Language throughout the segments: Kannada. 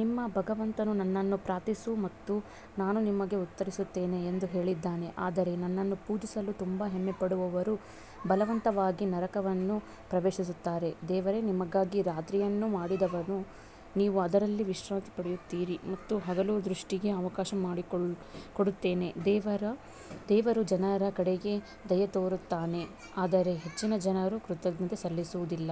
ನಿಮ್ಮ ಭಗವಂತನು ನನ್ನನ್ನು ಪ್ರಾರ್ಥಿಸು ಮತ್ತು ನಾನು ನಿಮಗೆ ಉತ್ತರಿಸುತ್ತೇನೆ ಎಂದು ಹೇಳಿದ್ದಾನೆ ಆದರೆ ನನ್ನನ್ನು ಪೂಜಿಸಲು ತುಂಬಾ ಹೆಮ್ಮೆಪಡುವವರು ಬಲವಂತವಾಗಿ ನರಕವನ್ನು ಪ್ರವೇಶಿಸುತ್ತಾರೆ ದೇವರೇ ನಿಮಗಾಗಿ ರಾತ್ರಿಯನ್ನು ಮಾಡಿದವನು ನೀವು ಅದರಲ್ಲಿ ವಿಶ್ರಾಂತಿ ಪಡೆಯುತ್ತೀರಿ ಮತ್ತು ಹಗಲು ದೃಷ್ಟಿಗೆ ಅವಕಾಶ ಮಾಡಿಕೊಡುತ್ತಾನೆ ದೇವರು ಜನರ ಕಡೆಗೆ ದಯೆತೋರುತ್ತಾನೆ ಆದರೆ ಹೆಚ್ಚಿನ ಜನರು ಕೃತಜ್ಞತೆ ಸಲ್ಲಿಸುವುದಿಲ್ಲ.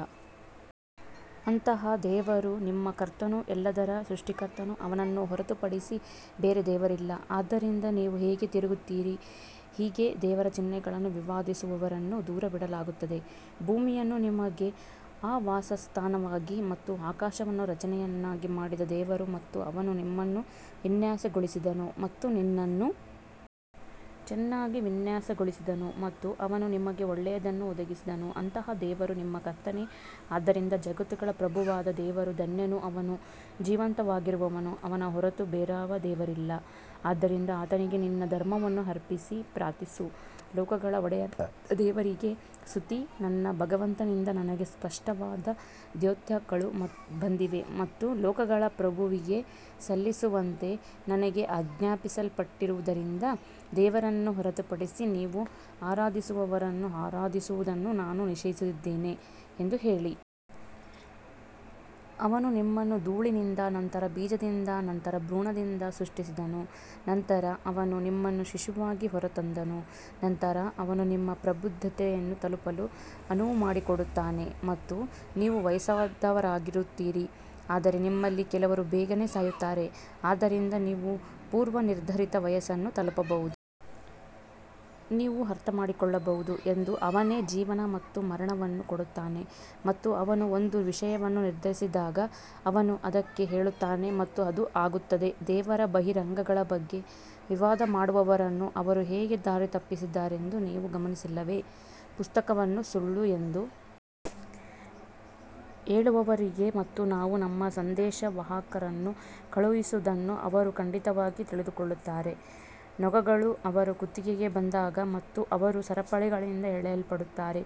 ಅಂತಹ ದೇವರು ನಿಮ್ಮ ಕರ್ತನು ಎಲ್ಲದರ ಸೃಷ್ಟಿಕರ್ತನು ಅವನನ್ನು ಹೊರತುಪಡಿಸಿ ಬೇರೆ ದೇವರಿಲ್ಲ, ಆದ್ದರಿಂದ ನೀವು ಹೇಗೆ ತಿರುಗುತ್ತೀರಿ ಹೀಗೆ ದೇವರ ಚಿಹ್ನೆಗಳನ್ನು ವಿವಾದಿಸುವವರನ್ನು ದೂರವಿಡಲಾಗುತ್ತದೆ ಭೂಮಿಯನ್ನು ನಿಮಗೆ ಆವಾಸಸ್ಥಾನವಾಗಿ ಮತ್ತು ಆಕಾಶವನ್ನು ರಚನೆಯನ್ನಾಗಿ ಮಾಡಿದ ದೇವರು ಮತ್ತು ಅವನು ನಿಮ್ಮನ್ನು ವಿನ್ಯಾಸಗೊಳಿಸಿದನು ಮತ್ತು ನಿನ್ನನ್ನು ಚೆನ್ನಾಗಿ ವಿನ್ಯಾಸಗೊಳಿಸಿದನು ಮತ್ತು ಅವನು ನಿಮಗೆ ಒಳ್ಳೆಯದನ್ನು ಒದಗಿಸಿದನು ಅಂತಹ ದೇವರು ನಿಮ್ಮ ಕರ್ತನೇ ಆದ್ದರಿಂದ ಜಗತ್ತುಗಳ ಪ್ರಭುವಾದ ದೇವರು ಧನ್ಯನು ಅವನು ಜೀವಂತವಾಗಿರುವವನು ಅವನ ಹೊರತು ಬೇರಾವ ದೇವರಿಲ್ಲ ಆದ್ದರಿಂದ ಆತನಿಗೆ ನಿನ್ನ ಧರ್ಮವನ್ನು ಅರ್ಪಿಸಿ ಪ್ರಾರ್ಥಿಸು ಲೋಕಗಳ ಒಡೆಯನಾದ ದೇವರಿಗೆ ಸ್ತುತಿ ನನ್ನ ಭಗವಂತನಿಂದ ನನಗೆ ಸ್ಪಷ್ಟವಾದ ದ್ಯೋತಕಗಳು ಬಂದಿವೆ ಮತ್ತು ಲೋಕಗಳ ಪ್ರಭುವಿಗೆ ಸಲ್ಲಿಸುವಂತೆ ನನಗೆ ಆಜ್ಞಾಪಿಸಲ್ಪಟ್ಟಿರುವುದರಿಂದ ದೇವರನ್ನು ಹೊರತುಪಡಿಸಿ ನೀವು ಆರಾಧಿಸುವವರನ್ನು ಆರಾಧಿಸುವುದನ್ನು ನಾನು ನಿಷೇಧಿಸಿದ್ದೇನೆ ಎಂದು ಹೇಳಿ. ಅವನು ನಿಮ್ಮನ್ನು ಧೂಳಿನಿಂದ ನಂತರ ಬೀಜದಿಂದ ನಂತರ ಭ್ರೂಣದಿಂದ ಸೃಷ್ಟಿಸಿದನು ನಂತರ ಅವನು ನಿಮ್ಮನ್ನು ಶಿಶುವಾಗಿ ಹೊರತಂದನು ನಂತರ ಅವನು ನಿಮ್ಮ ಪ್ರಬುದ್ಧತೆಯನ್ನು ತಲುಪಲು ಅನುವು ಮಾಡಿಕೊಡುತ್ತಾನೆ ಮತ್ತು ನೀವು ವಯಸ್ಸಾದವರಾಗುತ್ತೀರಿ ಆದರೆ ನಿಮ್ಮಲ್ಲಿ ಕೆಲವರು ಬೇಗನೆ ಸಾಯುತ್ತಾರೆ, ಆದ್ದರಿಂದ ನೀವು ಪೂರ್ವನಿರ್ಧರಿತ ವಯಸ್ಸನ್ನು ತಲುಪಬಹುದು. ನೀವು ಅರ್ಥಮಾಡಿಕೊಳ್ಳಬಹುದು ಎಂದು ಅವನೇ ಜೀವನ ಮತ್ತು ಮರಣವನ್ನು ಕೊಡುತ್ತಾನೆ ಮತ್ತು ಅವನು ಒಂದು ವಿಷಯವನ್ನು ನಿರ್ಧರಿಸಿದಾಗ ಅವನು ಅದಕ್ಕೆ ಹೇಳುತ್ತಾನೆ ಮತ್ತು ಅದು ಆಗುತ್ತದೆ ದೇವರ ಬಹಿರಂಗಗಳ ಬಗ್ಗೆ ವಿವಾದ ಮಾಡುವವರನ್ನು ಅವರು ಹೇಗೆ ದಾರಿ ತಪ್ಪಿಸಿದ್ದಾರೆಂದು ನೀವು ಗಮನಿಸಿಲ್ಲವೇ? ಪುಸ್ತಕವನ್ನು ಸುಳ್ಳು ಎಂದು ಹೇಳುವವರಿಗೆ ಮತ್ತು ನಾವು ನಮ್ಮ ಸಂದೇಶವಾಹಕರನ್ನು ಕಳುಹಿಸಿದ್ದನ್ನು ಅವರು ಖಂಡಿತವಾಗಿ ತಿಳಿದುಕೊಳ್ಳುತ್ತಾರೆ ನೊಗಗಳು ಅವರ ಕುತ್ತಿಗೆಗೆ ಬಂದಾಗ ಮತ್ತು ಅವರು ಸರಪಳಿಗಳಿಂದ ಎಳೆಯಲ್ಪಡುತ್ತಾರೆ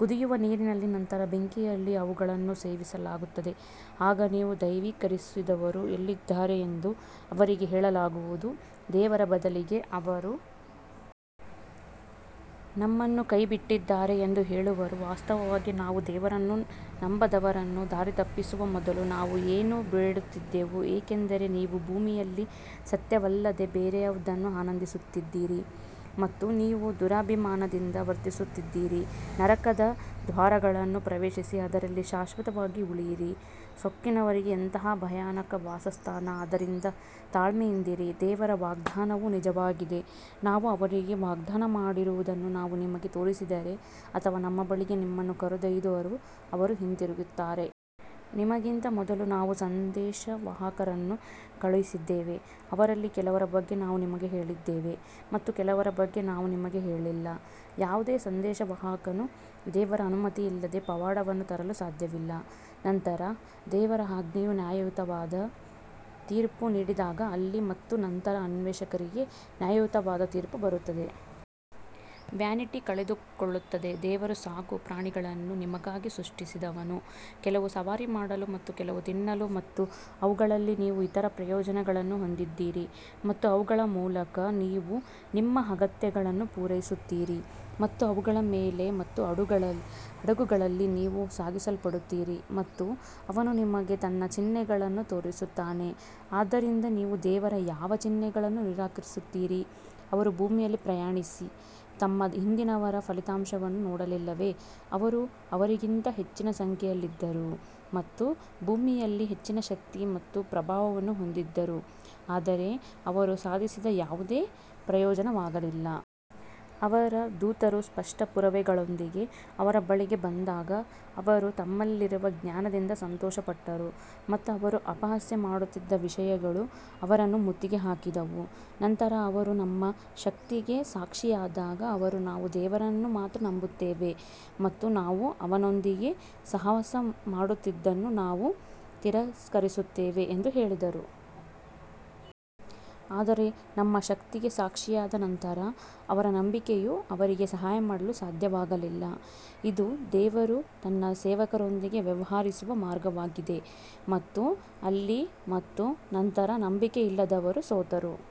ಕುದಿಯುವ ನೀರಿನಲ್ಲಿ ನಂತರ ಬೆಂಕಿಯಲ್ಲಿ ಅವುಗಳನ್ನು ಸೇವಿಸಲಾಗುತ್ತದೆ ಆಗ ನೀವು ದೈವೀಕರಿಸಿದವರು ಎಲ್ಲಿದ್ದಾರೆ ಎಂದು ಅವರಿಗೆ ಹೇಳಲಾಗುವುದು ದೇವರ ಬದಲಿಗೆ ಅವರು ನಮ್ಮನ್ನು ಕೈಬಿಟ್ಟಿದ್ದಾರೆ ಎಂದು ಹೇಳುವರು ವಾಸ್ತವವಾಗಿ ನಾವು ದೇವರನ್ನು ನಂಬದವರನ್ನು ದಾರಿತಪ್ಪಿಸುವ ಮೊದಲು ನಾವು ಏನೂ ಬೇಡುತ್ತಿದ್ದೆವು ಏಕೆಂದರೆ ನೀವು ಭೂಮಿಯಲ್ಲಿ ಸತ್ಯವಲ್ಲದೆ ಬೇರೆಯದನ್ನು ಆನಂದಿಸುತ್ತಿದ್ದಿರಿ ಮತ್ತು ನೀವು ದುರಭಿಮಾನದಿಂದ ವರ್ತಿಸುತ್ತಿದ್ದಿರಿ ನರಕದ ದ್ವಾರಗಳನ್ನು ಪ್ರವೇಶಿಸಿ ಅದರಲ್ಲಿ ಶಾಶ್ವತವಾಗಿ ಉಳಿಯಿರಿ ಸೊಕ್ಕಿನವರಿಗೆ ಎಂತಹ ಭಯಾನಕ ವಾಸಸ್ಥಾನ ಆದ್ದರಿಂದ ತಾಳ್ಮೆಯಿಂದಿರಿ ದೇವರ ವಾಗ್ದಾನವು ನಿಜವಾಗಿದೆ ನಾವು ಅವರಿಗೆ ವಾಗ್ದಾನ ಮಾಡಿರುವುದನ್ನು ನಾವು ನಿಮಗೆ ತೋರಿಸಿದರೆ ಅಥವಾ ನಮ್ಮ ಬಳಿಗೆ ನಿಮ್ಮನ್ನು ಕರೆದೊಯ್ದರೂ ಅವರು ಹಿಂತಿರುಗುತ್ತಾರೆ. ನಿಮಗಿಂತ ಮೊದಲು ನಾವು ಸಂದೇಶವಾಹಕರನ್ನು ಕಳುಹಿಸಿದ್ದೇವೆ ಅವರಲ್ಲಿ ಕೆಲವರ ಬಗ್ಗೆ ನಾವು ನಿಮಗೆ ಹೇಳಿದ್ದೇವೆ ಮತ್ತು ಕೆಲವರ ಬಗ್ಗೆ ನಾವು ನಿಮಗೆ ಹೇಳಿಲ್ಲ ಯಾವುದೇ ಸಂದೇಶವಾಹಕನು ದೇವರ ಅನುಮತಿಯಿಲ್ಲದೆ ಪವಾಡವನ್ನು ತರಲು ಸಾಧ್ಯವಿಲ್ಲ ನಂತರ ದೇವರ ಆಜ್ಞೆಯು ನ್ಯಾಯಯುತವಾದ ತೀರ್ಪು ನೀಡಿದಾಗ ಅಲ್ಲಿ ಮತ್ತು ನಂತರ ಅನ್ವೇಷಕರಿಗೆ ನ್ಯಾಯಯುತವಾದ ತೀರ್ಪು ಬರುತ್ತದೆ. ವ್ಯಾನಿಟಿ ಕಳೆದುಕೊಳ್ಳುತ್ತದೆ ದೇವರು ಸಾಕು ಪ್ರಾಣಿಗಳನ್ನು ನಿಮಗಾಗಿ ಸೃಷ್ಟಿಸಿದವನು, ಕೆಲವು ಸವಾರಿ ಮಾಡಲು ಮತ್ತು ಕೆಲವು ತಿನ್ನಲು ಮತ್ತು ಅವುಗಳಲ್ಲಿ ನೀವು ಇತರ ಪ್ರಯೋಜನಗಳನ್ನು ಹೊಂದಿದ್ದೀರಿ ಮತ್ತು ಅವುಗಳ ಮೂಲಕ ನೀವು ನಿಮ್ಮ ಅಗತ್ಯಗಳನ್ನು ಪೂರೈಸುತ್ತೀರಿ ಮತ್ತು ಅವುಗಳ ಮೇಲೆ ಮತ್ತು ಹಡಗುಗಳಲ್ಲಿ ನೀವು ಸಾಗಿಸಲ್ಪಡುತ್ತೀರಿ ಮತ್ತು ಅವನು ನಿಮಗೆ ತನ್ನ ಚಿಹ್ನೆಗಳನ್ನು ತೋರಿಸುತ್ತಾನೆ ಆದ್ದರಿಂದ ನೀವು ದೇವರ ಯಾವ ಚಿಹ್ನೆಗಳನ್ನು ನಿರಾಕರಿಸುತ್ತೀರಿ ಅವರು ಭೂಮಿಯಲ್ಲಿ ಪ್ರಯಾಣಿಸಿ ತಮ್ಮ ಹಿಂದಿನವರ ಫಲಿತಾಂಶವನ್ನು ನೋಡಲಿಲ್ಲವೇ ಅವರು ಅವರಿಗಿಂತ ಹೆಚ್ಚಿನ ಸಂಖ್ಯೆಯಲ್ಲಿದ್ದರು ಮತ್ತು ಭೂಮಿಯಲ್ಲಿ ಹೆಚ್ಚಿನ ಶಕ್ತಿ ಮತ್ತು ಪ್ರಭಾವವನ್ನು ಹೊಂದಿದ್ದರು ಆದರೆ ಅವರು ಸಾಧಿಸಿದ ಯಾವುದೇ ಪ್ರಯೋಜನವಾಗಲಿಲ್ಲ. ಅವರ ದೂತರು ಸ್ಪಷ್ಟ ಪುರಾವೆಗಳೊಂದಿಗೆ ಅವರ ಬಳಿಗೆ ಬಂದಾಗ ಅವರು ತಮ್ಮಲ್ಲಿರುವ ಜ್ಞಾನದಿಂದ ಸಂತೋಷಪಟ್ಟರು ಮತ್ತು ಅವರು ಅಪಹಾಸ್ಯ ಮಾಡುತ್ತಿದ್ದ ವಿಷಯಗಳು ಅವರನ್ನು ಮುತ್ತಿಗೆ ಹಾಕಿದವು. ನಂತರ ಅವರು ನಮ್ಮ ಶಕ್ತಿಗೆ ಸಾಕ್ಷಿಯಾದಾಗ ಅವರು ನಾವು ದೇವರನ್ನು ಮಾತ್ರ ನಂಬುತ್ತೇವೆ ಮತ್ತು ನಾವು ಅವನೊಂದಿಗೆ ಸಹವಾಸ ಮಾಡುತ್ತಿದ್ದುದನ್ನು ನಾವು ತಿರಸ್ಕರಿಸುತ್ತೇವೆ ಎಂದು ಹೇಳಿದರು. ಆದರೆ ನಮ್ಮ ಶಕ್ತಿಗೆ ಸಾಕ್ಷಿಯಾದ ನಂತರ ಅವರ ನಂಬಿಕೆಯು ಅವರಿಗೆ ಸಹಾಯ ಮಾಡಲು ಸಾಧ್ಯವಾಗಲಿಲ್ಲ, ಇದು ದೇವರು ತನ್ನ ಸೇವಕರೊಂದಿಗೆ ವ್ಯವಹರಿಸುವ ಮಾರ್ಗವಾಗಿದೆ ಮತ್ತು ಅಲ್ಲಿ ಮತ್ತು ನಂತರ ನಂಬಿಕೆಯಿಲ್ಲದವರು ಸೋತರು.